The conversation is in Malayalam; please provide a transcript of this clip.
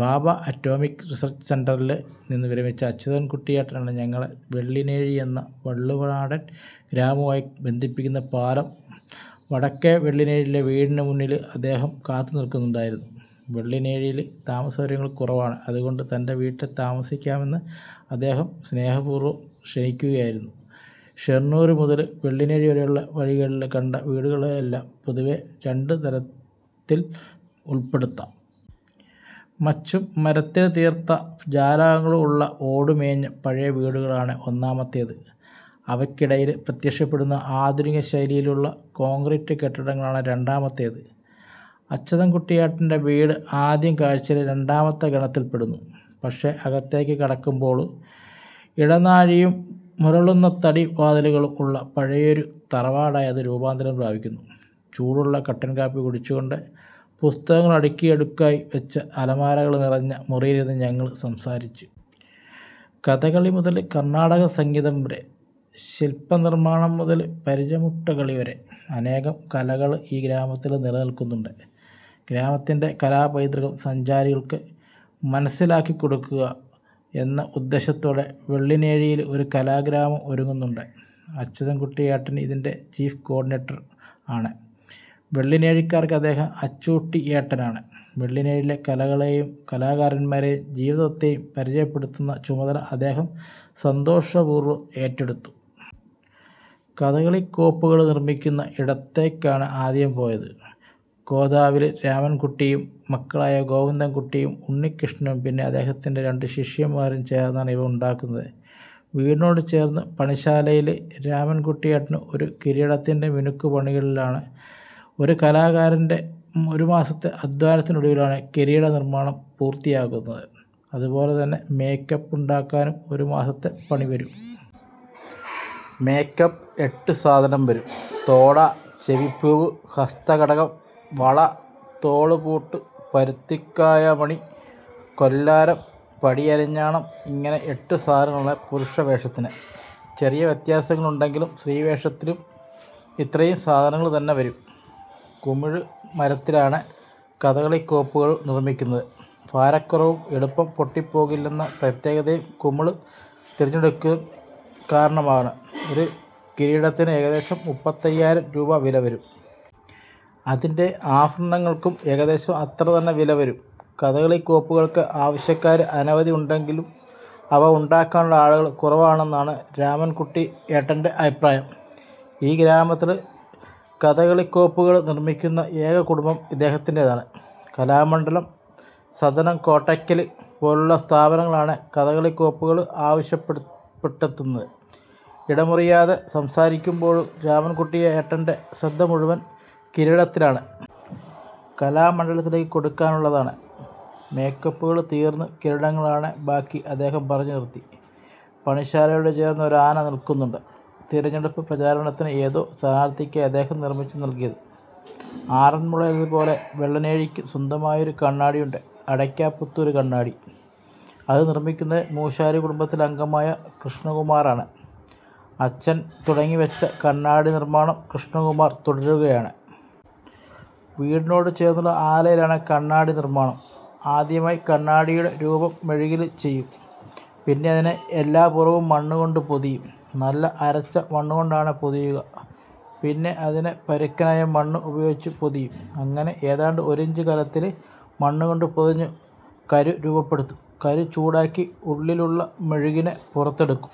ഭാഭ അറ്റോമിക് റിസര്ച്ച് സെന്ററില് നിന്ന് വിരമിച്ച അച്യുതന്കുട്ടിയേട്ടനാണ് ഞങ്ങളെ വെള്ളിനേഴിയെന്ന വള്ളുവനാടന് ഗ്രാമവുമായി ബന്ധിപ്പിച്ച പാലം. വടക്കേ വെള്ളിനേഴിയിലെ വീടിനു മുന്നില് അദ്ദേഹം കാത്തുനില്ക്കുന്നുണ്ടായിരുന്നു. വെള്ളിനേഴിയില് താമസസൗകര്യങ്ങള് കുറവാണ്. അതുകൊണ്ട് തന്റെ വീട്ടില് താമസിക്കാമെന്ന് അദ്ദേഹം സ്നേഹപൂര്വം ക്ഷണിക്കുകയായിരുന്നു. ഷൊര്ണൂര് മുതല് വെള്ളിനേഴിവരെയുള്ള വഴികളില് കണ്ട വീടുകളെയെല്ലാം പൊതുവേ രണ്ടുതരത്തില്പ്പെടുത്താം. മച്ചും മരത്തില് തീര്ത്ത ജാലകങ്ങളും ഉള്ള ഓടുമേഞ്ഞ പഴയവീടുകളാണ് ഒന്നാമത്തെത്. അവയ്ക്കിടയില് പ്രത്യക്ഷപ്പെടുന്ന ആധുനികശൈലിയിലുള്ള കോണ്ക്രീറ്റ് കെട്ടിടങ്ങളാണ് രണ്ടാമത്തെത്. അച്യുതന്കുട്ടിയേട്ടന്റെ വീട് ആദ്യ കാഴ്ചയില് രണ്ടാമത്തെ ഗണത്തില്പ്പെടുന്നു. പക്ഷേ, അകത്തേക്ക് കടക്കുമ്പോള് ഇടനാഴിയും മുരളുന്ന തടി വാതിലുകളും ഉള്ള പഴയൊരു തറവാടായി അത് രൂപാന്തരം പ്രാപിക്കുന്നു. ചൂടുള്ള കട്ടന്കാപ്പി കുടിച്ചുകൊണ്ട് പുസ്തകങ്ങള് അടുക്കടുക്കായിവെച്ച അലമാരകള് നിറഞ്ഞ മുറിയിലിരുന്ന് ഞങ്ങള് സംസാരിച്ചു. കഥകളിമുതല് കര്ണാടകസംഗീതംവരെ, ശില്പനിര്മാണംമുതല് പരിചമുട്ടുകളിവരെ അനേകം കലകള് ഈ ഗ്രാമത്തില് നിലനില്ക്കുന്നുണ്ട്. ഗ്രാമത്തിന്റെ കലാപൈതൃകം സഞ്ചാരികള്ക്ക് മനസ്സിലാക്കികൊടുക്കുക എന്ന ഉദ്ദേശ്യത്തോടെ വെള്ളിനേഴിയില് ഒരു കലാഗ്രാമം ഒരുങ്ങുന്നുണ്ട്. അച്യുതന്കുട്ടിയേട്ടന് ഇതിന്റെ ചീഫ് കോ ഓഡിനേറ്റര് ആണ്. വെള്ളിനേഴിക്കാര്ക്ക് അദ്ദേഹം അച്ചൂട്ടിയേട്ടനാണ്. വെള്ളിനേഴിയിലെ കലകളെയും കലാകാരന്മാരെയും ജീവിതത്തെയും പരിചയപ്പെടുത്തുന്ന ചുമതല അദ്ദേഹം സന്തോഷപൂര്വം ഏറ്റെടുത്തു. കഥകളിക്കോപ്പുകള് നിര്മിക്കുന്ന ഇടത്തേക്കാണ് ആദ്യം പോയത്. കോതാവില് രാമന്കുട്ടിയും മക്കളായ ഗോവിന്ദന്കുട്ടിയും ഉണ്ണികൃഷ്ണനും പിന്നെ അദേഹത്തിന്റെ രണ്ടുശിഷ്യന്മാരും ചേര്ന്നാണ് ഇവ ഉണ്ടാക്കുന്നത്. വീടിനോടു ചേര്ന്ന പണിശാലയില് രാമന്കുട്ടിയേട്ടന് ഒരു കിരീടത്തിന്റെ മിനുക്കുപണികളിലാണ്. ഒരു കലാകാരന്റെ ഒരു മാസത്തെ അധ്വാനത്തിനൊടുവിലാണ് കിരീടനിര്മാണം പൂര്ത്തിയാകുന്നത്. അതുപോലെതന്നെ മെയ്ക്കോപ്പ് ഉണ്ടാക്കാനും ഒരു മാസത്തെ പണിവരും. മെയ്ക്കോപ്പ് എട്ടു സാധനം വരും. തോട, ചെവിപ്പൂവ്, ഹസ്തകടകം, വള, തോള്പ്പൂട്ട്, പരുത്തിക്കായമണി, കൊല്ലാരം, പടിയരഞ്ഞാണം. ഇങ്ങനെ എട്ടുസാധനങ്ങളാണ് പുരുഷവേഷത്തിന്. ചെറിയ വ്യത്യാസങ്ങളുണ്ടെങ്കിലും സ്ത്രീവേഷത്തിനും ഇത്രയും സാധനങ്ങള് തന്നെ വരും. കുമിഴ് മരത്തിലാണ് കഥകളിക്കോപ്പുകള് നിര്മിക്കുന്നത്. ഭാരക്കുറവും എളുപ്പം പൊട്ടിപ്പോകില്ലെന്ന പ്രത്യേകതയും കുമിഴ് തിരഞ്ഞെടുക്കാന് കാരണമാണ്. ഒരു കിരീടത്തിന് ഏകദേശം മുപ്പത്തയ്യായിരം രൂപ വില വരും. അതിന്റെ ആഭരണങ്ങള്ക്കും ഏകദേശം അത്ര തന്നെ വിലവരും. കഥകളിക്കോപ്പുകള്ക്ക് ആവശ്യക്കാര് അനവധി ഉണ്ടെങ്കിലും അവ ഉണ്ടാക്കാനുള്ള ആളുകള് കുറവാണെന്നാണ് രാമന്കുട്ടിയേട്ടന്റെ അഭിപ്രായം. ഈ ഗ്രാമത്തില് കഥകളിക്കോപ്പുകള് നിര്മിക്കുന്ന ഏക കുടുംബം ഇദ്ദേഹത്തിന്റെതാണ്. കലാമണ്ഡലം, സദനം, കോട്ടയ്ക്കല് പോലുള്ള സ്ഥാപനങ്ങളാണ് കഥകളിക്കോപ്പുകള് ആവശ്യപ്പെട്ടെത്തുന്നത്. ഇടമുറിയാതെ സംസാരിക്കുമ്പോഴും രാമന്കുട്ടിയേട്ടന്റെ ശ്രദ്ധമുഴുവന് കിരീടത്തിലാണ്. കലാമണ്ഡലത്തിലേക്ക് കൊടുക്കാനുള്ളതാണ്, മെയ്ക്കോപ്പുകള് തീര്ന്നു, കിരീടങ്ങളാണ് ബാക്കിഅദ്ദേഹം പറഞ്ഞുനിര്ത്തി. പണിശാലയോടു ചേര്ന്ന് ഒരാന നില്ക്കുന്നുണ്ട്. തിരഞ്ഞെടുപ്പ് പ്രചാരണത്തിന് ഏതോ സ്ഥാനാര്ഥിക്കായി അദ്ദേഹം നിര്മിച്ചു നല്കിയത്. ആറന്മുളയിലേതുപോലെ വെള്ളിനേഴിക്കും സ്വന്തമായൊരു കണ്ണാടിയുണ്ട്. അടയ്ക്കാപുത്തൂര് കണ്ണാടി. അത് നിര്മിക്കുന്നത് മൂശാരി കുടുംബത്തിലെ അംഗമായ കൃഷ്ണകുമാറാണ്. അച്ഛന് തുടങ്ങിവെച്ച കണ്ണാടിനിര്മാണം കൃഷ്ണകുമാര് തുടരുകയാണ്. വീടിനോടു ചേര്ന്നുള്ള ആലയിലാണ് കണ്ണാടിനിര്മാണം. ആദ്യമായി കണ്ണാടിയുടെ രൂപം മെഴുകില് ചെയ്യും. പിന്നെ അതിനെ എല്ലാപുറവും മണ്ണുകൊണ്ട് പൊതിയും. നല്ല അരച്ച മണ്ണുകൊണ്ടാണ് പൊതിയുക. പിന്നെ അതിനെ പരുക്കനായ മണ്ണ് ഉപയോഗിച്ച് പൊതിയും. അങ്ങനെ ഏതാണ്ട് ഒരിഞ്ച് കനത്തില് മണ്ണുകൊണ്ട് പൊതിഞ്ഞ് കരു രൂപപ്പെടുത്തും. കരു ചൂടാക്കി ഉള്ളിലുള്ള മെഴുകിനെ പുറത്തെടുക്കും.